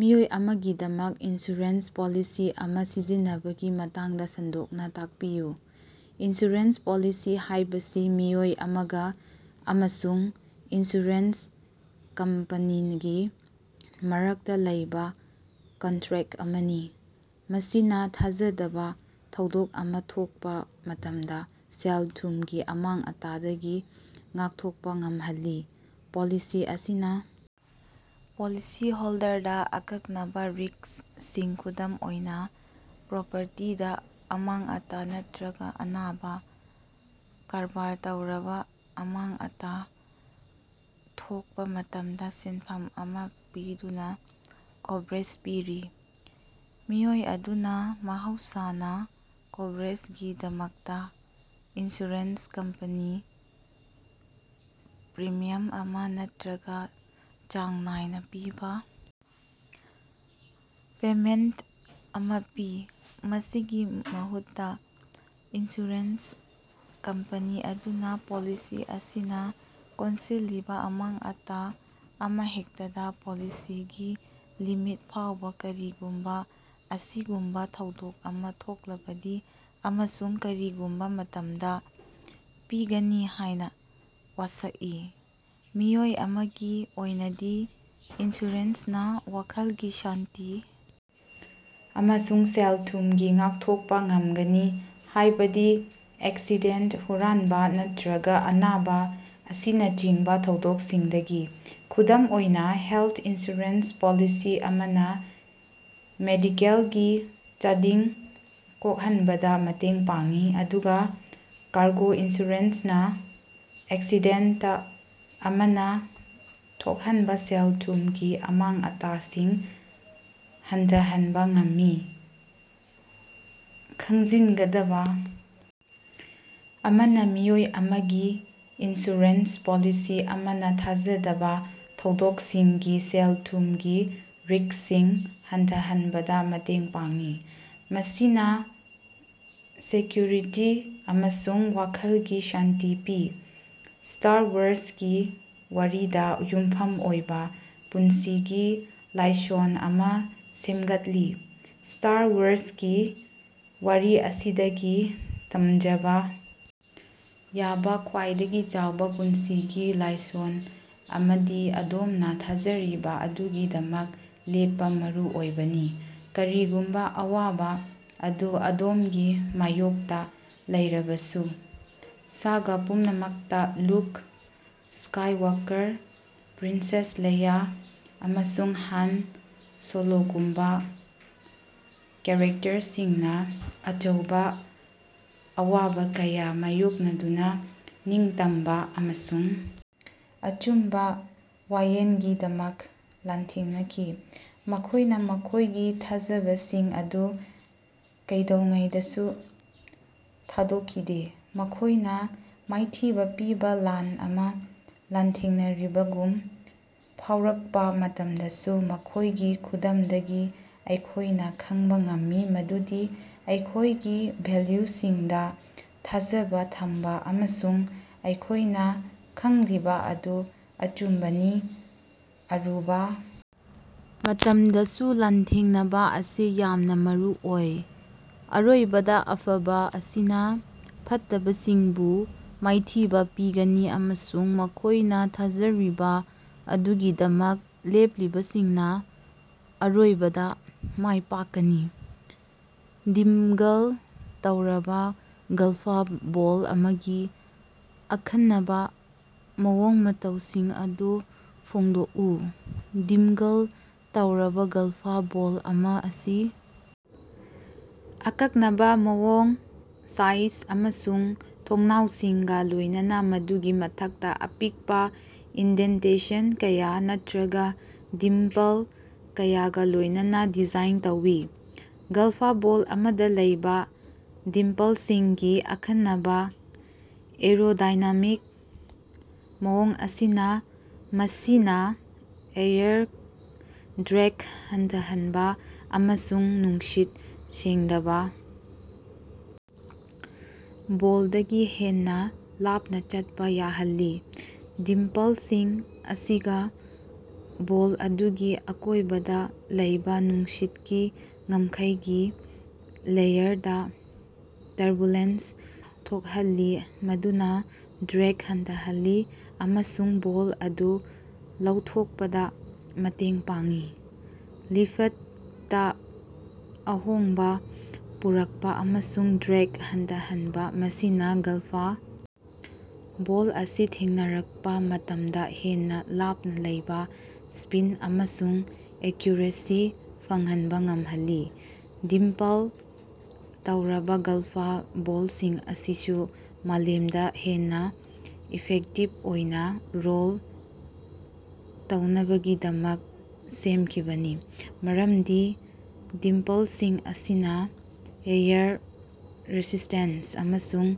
ꯃꯤꯑꯣꯏ ꯑꯃꯒꯤꯗꯃꯛ insurance policy ꯑꯃ ꯁꯤꯖꯤꯟꯅꯕꯒꯤ ꯃꯇꯥꯡꯗ ꯁꯟꯗꯣꯛꯅ ꯇꯥꯛꯄꯤꯌꯨ꯫ ꯏꯟꯁꯨꯔꯦꯟꯁ ꯄꯣꯂꯤꯁꯤ ꯍꯥꯏꯕꯁꯤ ꯃꯤꯑꯣꯏ ꯑꯃꯒ ꯑꯃꯁꯨꯡ ꯏꯟꯁꯨꯔꯦꯟꯁ ꯀꯝꯄꯅꯤꯒꯤ ꯃꯔꯛꯇ ꯂꯩꯕ ꯀꯟꯇ꯭ꯔꯦꯠ ꯑꯃꯅꯤ꯫ ꯃꯁꯤꯅ ꯊꯥꯖꯗꯕ ꯊꯧꯗꯣꯛ ꯑꯃ ꯊꯣꯛꯄ ꯃꯇꯝꯗ ꯁꯦꯜ-ꯊꯨꯝꯒꯤ ꯑꯃꯥꯡ-ꯑꯇꯥꯗꯒꯤ ꯉꯥꯛꯊꯣꯛꯄ ꯉꯝꯍꯜꯂꯤ꯫ ꯄꯣꯂꯤꯁꯤ ꯑꯁꯤꯅ ꯄꯣꯂꯤꯁꯤ ꯍꯣꯜꯗꯔꯗ ꯑꯀꯛꯅꯕ ꯔꯤꯛꯁ ꯁꯤꯡ ꯈꯨꯗꯝ ꯑꯣꯏꯅ ꯄ꯭ꯔꯣꯄꯔꯇꯤꯗ ꯑꯃꯥꯡ-ꯑꯇꯥ ꯅꯠꯇ꯭ꯔꯒ ꯑꯅꯥꯕ, ꯀꯔꯚꯥꯔ ꯇꯧꯔꯕ ꯑꯃꯥꯡ-ꯑꯇꯥ ꯊꯣꯛꯄ ꯃꯇꯝꯗ ꯁꯦꯟꯐꯝ ꯑꯃ ꯄꯤꯗꯨꯅ ꯀꯣꯚꯔꯦꯖ ꯄꯤꯔꯤ꯫ ꯃꯤꯑꯣꯏ ꯑꯗꯨꯅ ꯃꯍꯧꯁꯥꯅ ꯀꯣꯚꯔꯦꯖꯒꯤꯗꯃꯛꯇ ꯏꯟꯁꯨꯔꯦꯟꯁ ꯀꯝꯄꯅꯤꯗ ꯄ꯭ꯔꯤꯃꯤꯌꯝ ꯑꯃ ꯅꯠꯇ꯭ꯔꯒ ꯆꯥꯡ ꯅꯥꯏꯅ ꯄꯤꯕ ꯄꯦꯃꯦꯟꯇ ꯑꯃ ꯄꯤ꯫ ꯃꯁꯤꯒꯤ ꯃꯍꯨꯠꯇ, ꯏꯟꯁꯨꯔꯦꯟꯁ ꯀꯝꯄꯅꯤ ꯑꯗꯨꯅ ꯄꯣꯂꯤꯁꯤ ꯑꯁꯤꯅ ꯀꯣꯟꯁꯤꯜꯂꯤꯕ ꯑꯃꯥꯡ-ꯑꯇꯥ ꯑꯃꯍꯦꯛꯇꯗ, ꯄꯣꯂꯤꯁꯤꯒꯤ ꯂꯤꯃꯤꯠ ꯐꯥꯎꯕ ꯀꯔꯤꯒꯨꯝꯕ ꯑꯁꯤꯒꯨꯝꯕ ꯊꯧꯗꯣꯛ ꯑꯃ ꯊꯣꯛꯂꯕꯗꯤ ꯑꯃꯁꯨꯡ ꯀꯔꯤꯒꯨꯝꯕ ꯃꯇꯝꯗ ꯄꯤꯒꯅꯤ ꯍꯥꯏꯅ ꯋꯥꯁꯛꯏ꯫ ꯃꯤꯑꯣꯏ ꯑꯃꯒꯤ ꯑꯣꯏꯅꯗꯤ, ꯏꯟꯁꯨꯔꯦꯟꯁꯅ ꯋꯥꯈꯜꯒꯤ ꯁꯥꯟꯇꯤ ꯑꯃꯁꯨꯡ ꯁꯦꯜ-ꯊꯨꯝꯒꯤ ꯉꯥꯛꯊꯣꯛꯄ ꯉꯝꯒꯅꯤ, ꯍꯥꯏꯕꯗꯤ ꯑꯦꯛꯁꯤꯗꯦꯟ, ꯍꯨꯔꯥꯟꯕ ꯅꯠꯇ꯭ꯔꯒ ꯑꯅꯥꯕ ꯑꯁꯤꯅꯆꯤꯡꯕ ꯊꯧꯗꯣꯛꯁꯤꯡꯗꯒꯤ꯫ ꯈꯨꯗꯝ ꯑꯣꯏꯅ, ꯍꯦꯜꯊ ꯏꯟꯁꯨꯔꯦꯟꯁ ꯄꯣꯂꯤꯁꯤ ꯑꯃꯅ ꯃꯦꯗꯤꯀꯦꯜꯒꯤ ꯆꯥꯗꯤꯡ ꯀꯣꯛꯍꯟꯕꯗ ꯃꯇꯦꯡ ꯄꯥꯡꯏ, ꯑꯗꯨꯒ ꯀꯥꯔꯒꯣ ꯏꯟꯁꯨꯔꯦꯟꯁꯅ ꯑꯦꯛꯁꯤꯗꯦꯟꯇ ꯑꯃꯅ ꯊꯣꯛꯍꯟꯕ ꯁꯦꯜ-ꯊꯨꯝꯒꯤ ꯑꯃꯥꯡ-ꯑꯇꯥꯁꯤꯡ ꯍꯟꯊꯍꯟꯕ ꯉꯝꯃꯤ꯫ ꯈꯪꯖꯤꯟꯒꯗꯕꯥ ꯑꯃꯅ ꯃꯤꯑꯣꯏ ꯑꯃꯒꯤ ꯏꯟꯁꯨꯔꯦꯟꯁ ꯄꯣꯂꯤꯁꯤ ꯑꯃꯅ ꯊꯥꯖꯗꯕ ꯊꯧꯗꯣꯛꯁꯤꯡꯒꯤ ꯁꯦꯜ-ꯊꯨꯝꯒꯤ ꯔꯤꯛꯁꯁꯤꯡ ꯍꯟꯊꯍꯟꯕꯗ ꯃꯇꯦꯡ ꯄꯥꯡꯏ, ꯃꯁꯤꯅꯥ ꯁꯦꯀ꯭ꯌꯨꯔꯤꯇꯤ ꯑꯃꯁꯨꯡ ꯋꯥꯈꯜꯒꯤ ꯁꯥꯟꯇꯤ ꯄꯤ꯫ ꯁ꯭ꯇꯥꯔ ꯋꯥꯔꯁꯀꯤ ꯋꯥꯔꯤꯗ ꯌꯨꯝꯐꯝ ꯑꯣꯏꯕ ꯄꯨꯟꯁꯤꯒꯤ ꯂꯥꯏꯁꯣꯟ ꯑꯃ ꯁꯦꯝꯒꯠꯂꯤ꯫ ꯁ꯭ꯇꯥꯔ ꯋꯥꯔꯁꯀꯤ ꯋꯥꯔꯤ ꯑꯁꯤꯗꯒꯤ ꯇꯝꯖꯕ ꯌꯥꯕ ꯈ꯭ꯋꯥꯏꯗꯒꯤ ꯆꯥꯎꯕ ꯄꯨꯟꯁꯤꯒꯤ ꯂꯥꯏꯁꯣꯟ ꯑꯃꯗꯤ ꯑꯗꯣꯝꯅ ꯊꯥꯖꯔꯤꯕ ꯑꯗꯨꯒꯤꯗꯃꯛ ꯂꯦꯞꯄ ꯃꯔꯨꯑꯣꯏꯕꯅꯤ꯫ ꯀꯔꯤꯒꯨꯝꯕ ꯑꯋꯥꯕ ꯑꯗꯨ ꯑꯗꯣꯝꯒꯤ ꯃꯥꯏꯌꯣꯛꯇ ꯂꯩꯔꯕꯁꯨ꯫ ꯁꯥꯒꯥ ꯄꯨꯝꯅꯃꯛꯇ ꯂꯨꯛ ꯁ꯭ꯀꯥꯏꯋꯥꯀꯔ, ꯄ꯭ꯔꯤꯟꯁꯦꯁ ꯂꯦꯏꯌꯥ, ꯑꯃꯁꯨꯡ ꯍꯥꯟ ꯁꯣꯂꯣꯒꯨꯝꯕ ꯀꯦꯔꯦꯛꯇꯔꯁꯤꯡꯅ ꯑꯆꯧꯕ ꯑꯋꯥꯕ ꯀꯌꯥ ꯃꯥꯌꯣꯛꯅꯗꯨꯅ ꯅꯤꯡꯇꯝꯕ ꯑꯃꯁꯨꯡ ꯑꯆꯨꯝꯕ ꯋꯥꯌꯦꯜꯒꯤꯗꯃꯛ ꯂꯥꯟꯊꯦꯡꯅꯈꯤ꯫ ꯃꯈꯣꯏꯅ ꯃꯈꯣꯏꯒꯤ ꯊꯥꯖꯕꯁꯤꯡ ꯑꯗꯨ ꯀꯩꯗꯧꯉꯩꯗꯁꯨ ꯊꯥꯗꯣꯛꯈꯤꯗꯦ꯫ ꯃꯈꯣꯏꯅ ꯃꯥꯏꯊꯤꯕ ꯄꯤꯕ ꯂꯥꯟ ꯑꯃ ꯂꯥꯟꯊꯦꯡꯅꯔꯤꯕꯒꯨꯝ ꯐꯥꯎꯔꯛꯄ ꯃꯇꯝꯗꯁꯨ ꯃꯈꯣꯏꯒꯤ ꯈꯨꯗꯝꯗꯒꯤ ꯑꯩꯈꯣꯏꯅ ꯈꯪꯕ ꯉꯝꯃꯤ ꯃꯗꯨꯗꯤ ꯑꯩꯈꯣꯏꯒꯤ ꯚꯦꯜꯌꯨꯁꯤꯡꯗꯥ ꯊꯥꯖꯕ ꯊꯝꯕ ꯑꯃꯁꯨꯡ ꯑꯩꯈꯣꯏꯅ ꯈꯪꯂꯤꯕ ꯑꯗꯨ ꯑꯆꯨꯝꯕꯅꯤ, ꯑꯔꯨꯕꯥ ꯃꯇꯝꯗꯁꯨ ꯂꯥꯟꯊꯦꯡꯅꯕ ꯑꯁꯤ ꯌꯥꯝꯅ ꯃꯔꯨꯑꯣꯏ꯫ ꯑꯔꯣꯏꯕꯗ ꯑꯐꯕ ꯑꯁꯤꯅ ꯐꯠꯇꯕꯁꯤꯡꯕꯨ ꯃꯥꯏꯊꯤꯕ ꯄꯤꯒꯅꯤ ꯑꯃꯁꯨꯡ ꯃꯈꯣꯏꯅ ꯊꯥꯖꯔꯤꯕ ꯑꯗꯨꯒꯤꯗꯃꯛ ꯂꯦꯞꯂꯤꯕꯁꯤꯡꯅ ꯑꯔꯣꯏꯕꯗ ꯃꯥꯏꯄꯥꯛꯀꯅꯤ꯫ ꯗꯤꯡꯒꯜ ꯇꯧꯔꯕ ꯒꯜꯐ ꯕꯣꯜ ꯑꯃꯒꯤ ꯑꯈꯟꯅꯕ ꯃꯑꯣꯡ-ꯃꯇꯧꯁꯤꯡ ꯑꯗꯨ ꯐꯣꯡꯗꯣꯛꯎ꯫ ꯗꯤꯡꯒꯜ ꯇꯧꯔꯕ ꯒꯜꯐ ꯕꯣꯜ ꯑꯃ ꯑꯁꯤ ꯑꯀꯛꯅꯕ ꯃꯑꯣꯡ, ꯁꯥꯏꯖ ꯑꯃꯁꯨꯡ ꯊꯣꯡꯅꯥꯎꯁꯤꯡꯒ ꯂꯣꯏꯅꯅ ꯃꯗꯨꯒꯤ ꯃꯊꯛꯇ ꯑꯄꯤꯛꯄ ꯏꯟꯗꯦꯟꯇꯦꯁꯟ ꯀꯌꯥ, ꯅꯠꯇ꯭ꯔꯒ ꯗꯤꯝꯄꯜ ꯀꯌꯥꯒ ꯂꯣꯏꯅꯅ ꯗꯤꯖꯥꯏꯟ ꯇꯧꯏ꯫ ꯒꯜꯐ ꯕꯣꯜ ꯑꯃꯗ ꯂꯩꯕ ꯗꯤꯝꯄꯜꯁꯤꯡꯒꯤ ꯑꯈꯟꯅꯕ ꯑꯦꯔꯣꯗꯥꯏꯅꯥꯃꯤꯛ ꯃꯑꯣꯡ ꯑꯁꯤꯅ ꯃꯁꯤꯅ ꯑꯦꯌꯔ ꯗ꯭ꯔꯦꯒ ꯍꯟꯊꯍꯟꯕ ꯑꯃꯁꯨꯡ ꯅꯨꯡꯁꯤꯠ ꯁꯦꯡꯗꯕ ꯕꯣꯜꯗꯒꯤ ꯍꯦꯟꯅ ꯂꯥꯞꯅ ꯆꯠꯄ ꯌꯥꯍꯜꯂꯤ꯫ ꯗꯤꯝꯄꯜꯁꯤꯡ ꯑꯁꯤꯅ ꯕꯣꯜ ꯑꯗꯨꯒꯤ ꯑꯀꯣꯏꯕꯗ ꯂꯩꯕ ꯅꯨꯡꯁꯤꯠꯀꯤ ꯉꯝꯈꯩꯒꯤ ꯂꯦꯌꯔꯗꯥ ꯇꯔꯕꯨꯂꯦꯟꯁ ꯊꯣꯛꯍꯜꯂꯤ ꯃꯗꯨꯅ ꯗ꯭ꯔꯦꯒ ꯍꯟꯊꯍꯜꯂꯤ ꯑꯃꯁꯨꯡ ꯕꯣꯜ ꯑꯗꯨ ꯂꯧꯊꯣꯛꯄꯗ ꯃꯇꯦꯡ ꯄꯥꯡꯏ꯫ ꯂꯤꯐꯠꯇ ꯑꯍꯣꯡꯕ ꯄꯨꯔꯛꯄ ꯑꯃꯁꯨꯡ ꯗ꯭ꯔꯦꯒ ꯍꯟꯊꯍꯟꯕ ꯃꯁꯤꯅ ꯒꯜꯐ ꯕꯣꯜ ꯑꯁꯤ ꯊꯦꯡꯅꯔꯛꯄ ꯃꯇꯝꯗ ꯍꯦꯟꯅ ꯂꯥꯞꯅ ꯂꯩꯕ, ꯁ꯭ꯄꯤꯟ ꯑꯃꯁꯨꯡ ꯑꯦꯀ꯭ꯌꯨꯔꯦꯁꯤ ꯐꯪꯍꯟꯕ ꯉꯝꯍꯜꯂꯤ꯫ ꯗꯤꯝꯄꯜ ꯇꯧꯔꯕ ꯒꯜꯐ ꯕꯣꯜꯁꯤꯡ ꯑꯁꯤꯁꯨ ꯃꯥꯂꯦꯝꯗ ꯍꯦꯟꯅ ꯏꯐꯦꯛꯇꯤꯕ ꯑꯣꯏꯅ ꯔꯣꯜ ꯇꯧꯅꯕꯒꯤꯗꯃꯛ ꯁꯦꯝꯈꯤꯕꯅꯤ, ꯃꯔꯝꯗꯤ ꯗꯤꯝꯄꯜꯁꯤꯡ ꯑꯁꯤꯅ ꯑꯦꯌꯔ ꯔꯦꯁꯤꯁ꯭ꯇꯦꯟꯁ ꯑꯃꯁꯨꯡ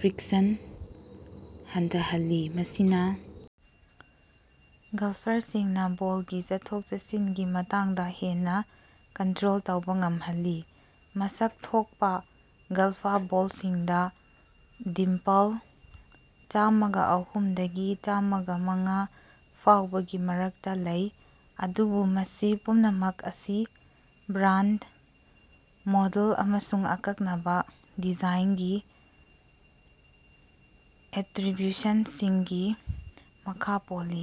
ꯐ꯭ꯔꯤꯛꯁꯟ ꯍꯟꯊꯍꯜꯂꯤ, ꯃꯁꯤꯅ ꯒꯜꯐꯔꯁꯤꯡꯅ ꯕꯣꯜꯒꯤ ꯆꯠꯊꯣꯛ-ꯆꯠꯁꯤꯟꯒꯤ ꯃꯇꯥꯡꯗ ꯍꯦꯟꯅ ꯀꯟꯇ꯭ꯔꯣꯜ ꯇꯧꯕ ꯉꯝꯍꯜꯂꯤ꯫ ꯃꯁꯛ ꯊꯣꯛꯄ ꯒꯜꯐ ꯕꯣꯜꯁꯤꯡꯗ ꯗꯤꯝꯄꯜ ꯆꯥꯃꯒ ꯑꯍꯨꯝ ꯗꯒꯤ ꯆꯥꯃꯒꯃꯉꯥ ꯐꯥꯎꯕꯒꯤ ꯃꯔꯛꯇ ꯂꯩ, ꯑꯗꯨꯕꯨ ꯃꯁꯤ ꯄꯨꯝꯅꯃꯛ ꯑꯁꯤ ꯕ꯭ꯔꯥꯟꯗ, ꯃꯣꯗꯦꯜ ꯑꯃꯁꯨꯡ ꯑꯀꯛꯅꯕ ꯗꯤꯖꯥꯏꯟꯒꯤ ꯑꯦꯇ꯭ꯔꯤꯕ꯭ꯌꯨꯁꯟꯁꯤꯡꯒꯤ ꯃꯈꯥ ꯄꯣꯜꯂꯤ꯫